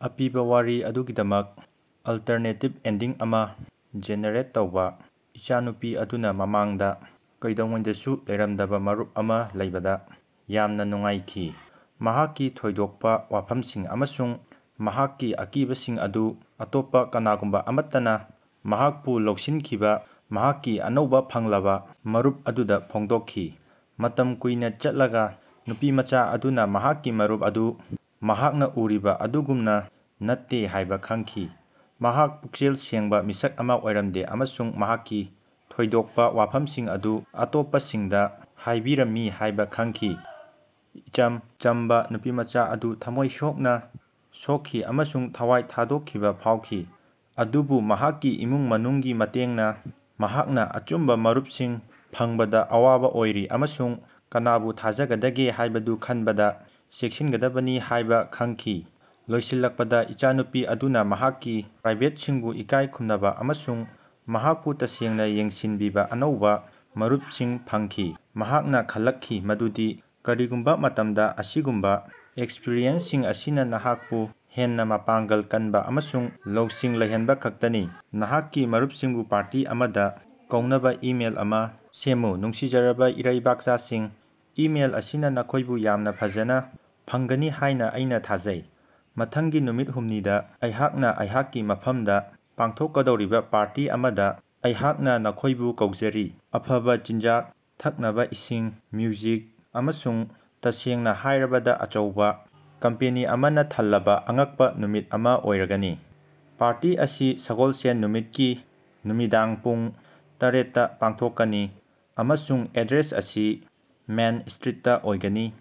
ꯑꯄꯤꯕ ꯋꯥꯔꯤ ꯑꯗꯨꯒꯤꯗꯃꯛ ꯑꯜꯇꯔꯅꯦꯇꯤꯕ ꯑꯦꯟꯗꯤꯡ ꯑꯃ ꯖꯦꯅꯦꯔꯦꯠ ꯇꯧꯕ꯫ ꯏꯆꯥꯅꯨꯄꯤ ꯑꯗꯨꯅ ꯃꯃꯥꯡꯗ ꯀꯩꯗꯧꯉꯩꯗꯁꯨ ꯂꯩꯔꯝꯗꯕ ꯃꯔꯨꯞ ꯑꯃ ꯂꯩꯕꯗ ꯌꯥꯝꯅ ꯅꯨꯡꯉꯥꯏꯈꯤ꯫ ꯃꯍꯥꯛꯀꯤ ꯊꯣꯏꯗꯣꯛꯄ ꯋꯥꯐꯝꯁꯤꯡ ꯑꯃꯁꯨꯡ ꯃꯍꯥꯛꯀꯤ ꯑꯀꯤꯕꯁꯤꯡ ꯑꯗꯨ ꯑꯇꯣꯞꯄ ꯀꯅꯥꯒꯨꯝꯕ ꯑꯃꯠꯇꯅ ꯃꯍꯥꯛꯄꯨ ꯂꯧꯁꯤꯟꯈꯤꯕ ꯃꯍꯥꯛꯀꯤ ꯑꯅꯧꯕ ꯐꯪꯂꯕ ꯃꯔꯨꯞ ꯑꯗꯨꯗ ꯐꯣꯡꯗꯣꯛꯈꯤ꯫ ꯃꯇꯝ ꯀꯨꯏꯅ ꯆꯠꯂꯒ ꯅꯨꯄꯤꯃꯆꯥ ꯑꯗꯨꯅ ꯃꯍꯥꯛꯀꯤ ꯃꯔꯨꯞ ꯑꯗꯨ ꯃꯍꯥꯛꯅ ꯎꯔꯤꯕ ꯑꯗꯨꯒꯨꯝꯅ ꯅꯠꯇꯦ ꯍꯥꯏꯕ ꯈꯪꯈꯤ꯫ ꯃꯍꯥꯛ ꯄꯨꯛꯆꯦꯜ ꯁꯦꯡꯕ ꯃꯤꯁꯛ ꯑꯃ ꯑꯣꯏꯔꯝꯗꯦ ꯑꯃꯁꯨꯡ ꯃꯍꯥꯛꯀꯤ ꯊꯣꯏꯗꯣꯛꯄ ꯋꯥꯐꯝꯁꯤꯡ ꯑꯗꯨ ꯑꯇꯣꯞꯄꯁꯤꯡꯗ ꯍꯥꯏꯕꯤꯔꯝꯃꯤ ꯍꯥꯏꯕ ꯈꯪꯈꯤ꯫ ꯏꯆꯝ ꯆꯝꯕ ꯅꯨꯄꯤꯃꯆꯥ ꯑꯗꯨ ꯊꯝꯃꯣꯏ ꯁꯣꯛꯅ ꯁꯣꯛꯈꯤ ꯑꯃꯁꯨꯡ ꯊꯋꯥꯏ ꯊꯥꯗꯣꯛꯈꯤꯕ ꯐꯥꯎꯈꯤ꯫ ꯑꯗꯨꯕꯨ, ꯃꯍꯥꯛꯀꯤ ꯏꯃꯨꯡ ꯃꯅꯨꯡꯒꯤ ꯃꯇꯦꯡꯅ ꯃꯍꯥꯛꯅ ꯑꯆꯨꯝꯕ‌ ꯃꯔꯨꯞꯁꯤꯡ ꯐꯪꯕꯗ ꯑꯋꯥꯕ ꯑꯣꯏꯔꯤ ꯑꯃꯁꯨꯡ ꯀꯅꯥꯕꯨ ꯊꯥꯖꯒꯗꯒꯦ ꯍꯥꯏꯕꯗꯨ ꯈꯟꯕꯗ ꯆꯦꯛꯁꯤꯟꯒꯗꯕꯅꯤ ꯍꯥꯏꯕ ꯈꯪꯈꯤ꯫ ꯂꯣꯏꯁꯤꯜꯂꯛꯄꯗ, ꯏꯆꯥꯅꯨꯄꯤ ꯑꯗꯨꯅ ꯃꯍꯥꯛꯀꯤ ꯄ꯭ꯔꯥꯏꯚꯦꯁꯤꯕꯨ ꯏꯀꯥꯏ ꯈꯨꯝꯅꯕ ꯑꯃꯁꯨꯡ ꯃꯍꯥꯛꯄꯨ ꯇꯁꯦꯡꯅ ꯌꯦꯡꯁꯤꯟꯕꯤꯕ ꯑꯅꯧꯕ ꯃꯔꯨꯞꯁꯤꯡ ꯐꯪꯈꯤ꯫ ꯃꯍꯥꯛꯅ ꯈꯪꯂꯛꯈꯤ ꯃꯗꯨꯗꯤ ꯀꯔꯤꯒꯨꯝꯕ ꯃꯇꯝꯗ, ꯑꯁꯤꯒꯨꯝꯕ ꯑꯦꯛꯁꯄ꯭ꯔꯤꯌꯦꯟꯁꯁꯤꯡ ꯑꯁꯤꯅ ꯅꯍꯥꯛꯄꯨ ꯍꯦꯟꯅ ꯃꯄꯥꯡꯒꯜ ꯀꯟꯕ ꯑꯃꯁꯨꯡ ꯂꯧꯁꯤꯡ ꯂꯩꯍꯟꯕ ꯈꯛꯇꯅꯤ꯫ ꯅꯍꯥꯛꯀꯤ ꯃꯔꯨꯞꯁꯤꯡꯕꯨ ꯄꯥꯔꯇꯤ ꯑꯃꯗ‌ ꯀꯧꯅꯕ ꯏꯃꯦꯜ ꯑꯃ ꯁꯦꯝꯃꯨ꯫ ꯅꯨꯡꯁꯤꯖꯔꯕꯥ ꯏꯔꯩꯕꯥꯛꯆꯥꯁꯤꯡ, ꯏꯃꯦꯜ ꯑꯁꯤꯅ ꯅꯈꯣꯏꯕꯨ ꯌꯥꯝꯅ ꯐꯖꯅ ꯐꯪꯒꯅꯤ ꯍꯥꯏꯅ ꯑꯩꯅ ꯊꯥꯖꯩ꯫ ꯃꯊꯪꯒꯤ ꯅꯨꯃꯤꯠ ꯍꯨꯝꯅꯤꯗ ꯑꯩꯍꯥꯛꯅ ꯑꯩꯍꯥꯛꯀꯤ ꯃꯐꯝꯗ ꯄꯥꯡꯊꯣꯛꯀꯗꯧꯔꯤꯕ ꯄꯥꯔꯇꯤ ꯑꯃꯗ ꯑꯩꯍꯥꯛꯅ ꯅꯈꯣꯏꯕꯨ ꯀꯧꯖꯔꯤ꯫ ꯑꯐꯕ‌ ꯆꯤꯟꯖꯥꯛ, ꯊꯛꯅꯕꯥ ꯏꯁꯤꯡ, ꯃ꯭ꯌꯨꯖꯤꯛ, ꯑꯃꯁꯨꯡ ꯇꯁꯦꯡꯅ ꯍꯥꯏꯔꯕꯗ ꯑꯆꯧꯕ ꯀꯝꯄꯦꯅꯤ ꯑꯃꯅ ꯊꯜꯂꯕ ꯑꯉꯛꯄ ꯅꯨꯃꯤꯠ ꯑꯃ ꯑꯣꯏꯔꯒꯅꯤ꯫ ꯄꯥꯔꯇꯤ ꯑꯁꯤ ꯁꯒꯣꯜꯁꯦꯟ ꯅꯨꯃꯤꯠꯀꯤ ꯅꯨꯃꯤꯗꯥꯡ ꯄꯨꯡ ꯇꯔꯦꯠ ꯇꯥ ꯄꯥꯡꯊꯣꯛꯀꯅꯤ, ꯑꯃꯁꯨꯡ ꯑꯦꯗ꯭ꯔꯦꯁ ꯑꯁꯤ ꯃꯦꯟ ꯁ꯭ꯇꯔꯤꯠꯇꯥ ꯑꯣꯏꯒꯅꯤ꯫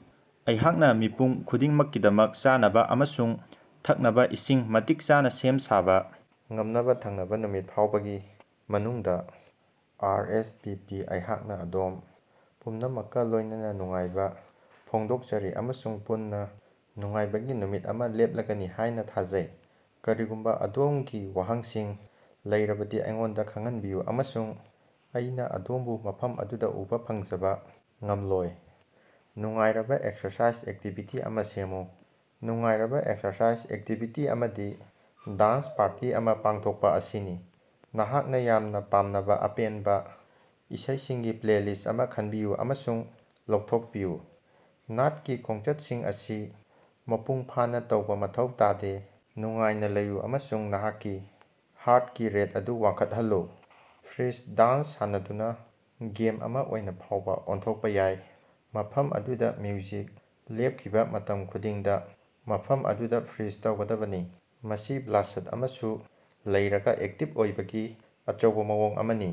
ꯑꯩꯍꯥꯛꯅ ꯃꯤꯄꯨꯝ ꯈꯨꯗꯤꯡꯃꯛꯀꯤꯗꯃꯛ ꯆꯥꯅꯕ ꯑꯃꯁꯨꯡ ꯊꯛꯅꯕ ꯏꯁꯤꯡ ꯃꯇꯤꯛ ꯆꯥꯅ ꯁꯦꯝ ꯁꯥꯕ ꯉꯝꯅꯕ ꯊꯪꯅꯕ ꯅꯨꯃꯤꯠ ꯐꯥꯎꯕꯒꯤ ꯃꯅꯨꯡꯗ ,ꯑꯥꯔꯑꯦꯁꯚꯤꯄꯤ ꯑꯩꯍꯥꯛꯅ ꯑꯗꯣꯝ ꯄꯨꯝꯅꯃꯛꯀ ꯂꯣꯏꯅꯅ ꯅꯨꯡꯉꯥꯏꯕ ꯐꯣꯡꯗꯣꯛꯆꯔꯤ ꯑꯃꯁꯨꯡ ꯄꯨꯟꯅ ꯅꯨꯡꯉꯥꯏꯔꯕ ꯅꯨꯃꯤꯠ ꯑꯃ ꯂꯦꯞꯂꯒꯅꯤ ꯍꯥꯏꯅ ꯊꯥꯖꯩ꯫ ꯀꯔꯤꯒꯨꯝꯕ ꯑꯗꯣꯝꯒꯤ ꯋꯥꯍꯪꯁꯤꯡ ꯂꯩꯔꯕꯗꯤ ꯑꯩꯉꯣꯟꯗ ꯈꯪꯍꯟꯕꯤꯌꯨ, ꯑꯃꯁꯨꯡ ꯑꯩꯅ ꯑꯗꯣꯝꯕꯨ ꯃꯐꯝ ꯑꯗꯨꯗ ꯎꯕ ꯐꯪꯖꯕ ꯉꯝꯂꯣꯏ꯫ ꯅꯨꯡꯉꯥꯏꯔꯕ ꯑꯦꯛꯁꯔꯁꯥꯏꯖ ꯑꯦꯛꯇꯤꯚꯤꯇꯤ ꯑꯃ ꯁꯦꯝꯃꯨ꯫ ꯅꯨꯡꯉꯥꯏꯔꯕ ꯑꯦꯛꯁꯔꯁꯥꯏꯖ ꯑꯦꯛꯇꯤꯕꯤꯇꯤ ꯑꯃꯗꯤ ꯗꯥꯟꯁ ꯄꯥꯔꯇꯤ ꯑꯃ ꯄꯥꯡꯊꯣꯛꯄ ꯑꯁꯤꯅꯤ꯫ ꯅꯍꯥꯛꯅ ꯌꯥꯝꯅ ꯄꯥꯝꯅꯕ ꯑꯄꯦꯟꯕ ꯏꯁꯩꯁꯤꯡꯒꯤ ꯄ꯭ꯂꯦꯂꯤꯁ꯭ꯠ ꯑꯃ ꯈꯟꯕꯤꯌꯨ ꯑꯃꯁꯨꯡ ꯂꯧꯊꯣꯛꯄꯤꯌꯨ꯫ ꯅꯥꯠꯀꯤ ꯈꯣꯡꯆꯠꯁꯤꯡ ꯑꯁꯤ ꯃꯄꯨꯡ ꯐꯥꯅ ꯇꯧꯕ ꯃꯊꯧ ꯇꯥꯗꯦ, ꯅꯨꯡꯉꯥꯏꯅ ꯂꯩꯌꯨ ꯑꯃꯁꯨꯡ ꯅꯍꯥꯛꯀꯤ ꯍꯥꯔ꯭ꯠꯀꯤ ꯔꯦꯠ ꯑꯗꯨ ꯋꯥꯡꯈꯠꯍꯜꯂꯨ꯫ ꯐ꯭ꯔꯤꯖ ꯗꯥꯟꯁ ꯁꯥꯟꯅꯗꯨꯅ ꯒꯦꯝ ꯑꯃ ꯑꯣꯏꯅ ꯐꯥꯎꯕ ꯑꯣꯟꯊꯣꯛꯄ ꯌꯥꯏ, ꯃꯐꯝ ꯑꯗꯨꯗ ꯃ꯭ꯌꯨꯖꯤꯛ ꯂꯦꯞꯈꯤꯕ ꯃꯇꯝ ꯈꯨꯗꯤꯡꯗ ꯃꯐꯝ ꯑꯗꯨꯗ ꯐ꯭ꯔꯤꯖ ꯇꯧꯒꯗꯕꯅꯤ꯫ ꯃꯁꯤ ꯕ꯭ꯂꯥꯁ꯭ꯠ ꯑꯃꯁꯨ ꯂꯩꯔꯒ ꯑꯦꯛꯇꯤꯕ ꯑꯣꯏꯕꯒꯤ ꯑꯆꯧꯕ ꯃꯑꯣꯡ ꯑꯃꯅꯤ꯫